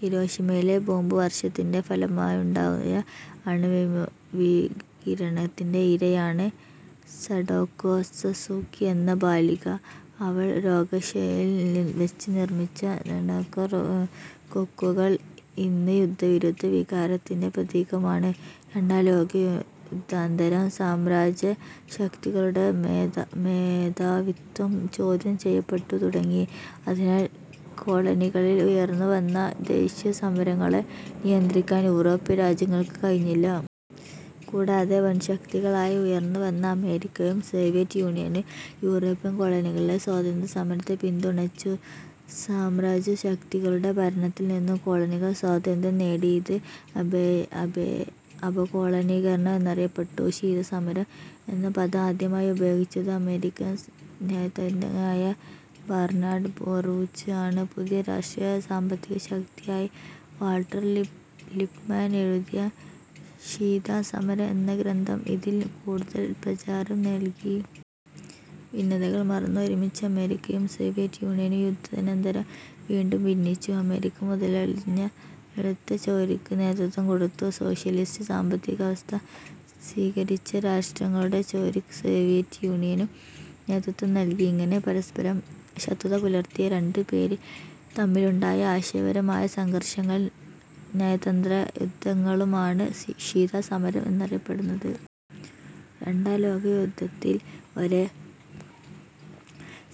ഹിരോഷിമയിലെ bomb വർഷത്തിന്റെ ഫലമായുണ്ടായ അണുവികിരണത്തിന്റെ ഇരയാണ് സഡാക്കോ സസുക്കി എന്ന ബാലിക. അവൾ രോഗശയ്യയിൽ വച്ച് നിർമിച്ച സഡാക്കോ കൊക്കുകൾ ഇന്ന് യുദ്ധവിരുദ്ധ വികാരത്തിന്റെ പ്രതീകമാണ്. രണ്ടാം ലോകയുദ്ധാനന്തരം സാമ്രാജ്യത്വശക്തികളുടെ മേധാവിത്വം ചോദ്യം ചെയ്യപ്പെട്ടു തുടങ്ങി. അതിനാൽ കോളനികളിൽ ഉയർന്നുവന്ന ദേശീയസമരങ്ങളെ നിയന്ത്രിക്കാൻ യൂറോപ്യൻ രാജ്യങ്ങൾക്കു കഴിഞ്ഞില്ല. കൂടാതെ വൻശക്തികളായി ഉയർന്നുവന്ന അമേരിക്കയും സോവിയറ്റ് യൂണിയനും യൂറോപ്യൻ കോളനികളിലെ സ്വാതന്ത്ര്യസമരത്തെ പിന്തുണച്ചു. സാമ്രാജ്യത്വശക്തികളുടെ ഭരണത്തിൽനിന്നു കോളനികൾ സ്വാതന്ത്ര്യം നേടി. ഇത് അപകോളനീകരണം എന്നറിയപ്പെടുന്നു. ശീതസമരം എന്ന പദം ആദ്യമായി ഉപയോഗിച്ചത് അമേരിക്കൻ നയതന്തജ്ഞനായ ബർനാഡ് ബറൂച്ച് ആണ്. പുതിയ രാഷ്ട്രീയ സാമ്പത്തിക ശക്തിയായി വാൾട്ടർ ലിപ്മാൻ എഴുതിയ ""ശീതസമരം' എന്ന ഗ്രന്ഥം ഇതിന് കൂടുതൽ പ്രചാരം നൽകി. ഭിന്നതകൾ മറന്ന് ഒരുമിച്ച് അമേരിക്കയും സോവിയറ്റ് യൂണിയനും യുദ്ധാനന്തരം വീണ്ടും ഭിന്നിച്ചു. അമേരിക്ക മുതലാളിത്ത ചേരിക്ക് നേതൃത്വം കൊടുത്തു. സോഷ്യ ലിസ്റ്റ് സാമ്പത്തികവ്യവസ്ഥ സ്വീകരിച്ച രാഷ്ട്രങ്ങളുടെ ചേരിക്ക് സോവിയറ്റ് യൂണിയനും നേതൃത്വം നൽകി. ഇങ്ങനെ പരസ്പരം ശത്രുത പുലർത്തിയ രണ്ടു ചേരികൾ തമ്മിലുണ്ടായ ആശയപരമായ സംഘർഷങ്ങളും നയതന്ത്രയുദ്ധങ്ങളുമാണ് ശീതസമരം എന്നറിയപ്പെടുന്നത്. രണ്ടാം ലോകയുദ്ധത്തിൽ ഒരേ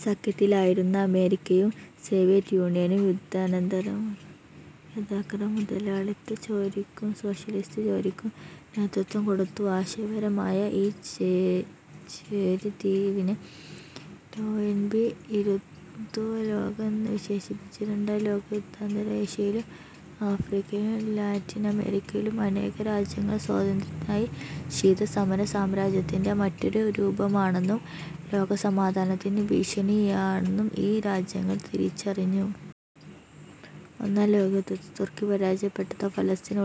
സഖ്യത്തിലായിരുന്ന അമേരിക്കയും സോവിയറ്റ് യൂണിയനും യുദ്ധാനന്തരം യഥാക്രമം മുതലാളിത്ത ചേരിക്കും സോഷ്യലിസ്റ്റ് ചേരിക്കും നേതൃത്വം കൊടുത്തു. ആശയപരമായ ഈ ചേരിതിരിവിനെ ടോയൻബി ഇരുധ്രുവലോകം എന്ന് വിശേഷിപ്പിച്ചു. രണ്ടാം ലോകയുദ്ധാനന്തരം ഏഷ്യയിലും ആഫ്രിക്കയിലും ലാറ്റിനമേരിക്കയിലും അനേകം രാജ്യങ്ങൾ സ്വതന്ത്രമായി. ശീതസമരം സാമ്രാജ്യത്വത്തിന്റെ മറ്റൊരു രൂപമാണെന്നും ലോകസമാധാനത്തിനു ഭീഷണിയാണെന്നും ഈ രാജ്യങ്ങൾ തിരിച്ചറിഞ്ഞു. ഒന്നാം ലോകയുദ്ധത്തിൽ തുർക്കി പരാജയപ്പെട്ടതോടെ പാലസ്തീൻ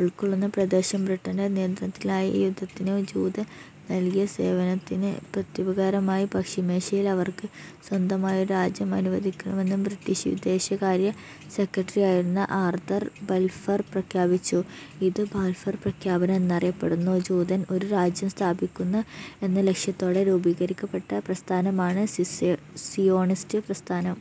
ഉൾക്കൊള്ളുന്ന പ്രദേശം ബ്രിട്ടന്റെ നിയന്ത്രണത്തിലായി. ഈ യുദ്ധത്തിൽ ജൂതർ നൽകിയ സേവനത്തിന് പ്രത്യുപകാരമായി പശ്ചിമേഷ്യയിൽ അവർക്ക് സ്വന്തമായി ഒരു രാജ്യം അനുവദിക്കുമെന്ന് ബ്രിട്ടീഷ് വിദേശകാര്യ സെക്രട്ടറിയായിരുന്ന ആർതർ ബാൽഫർ പ്രഖ്യാപിച്ചു. ഇത് ബാൽഫർ പ്രഖ്യാപനം എന്നറിയപ്പെടുന്നു. ജൂതർക്ക് ഒരു രാജ്യം സ്ഥാപിക്കുക എന്ന ലക്ഷ്യത്തോടെ രൂപീകരിക്കപ്പെട്ട പ്രസ്ഥാനമാണ് സിയോണിസ്റ്റ് പ്രസ്ഥാനം.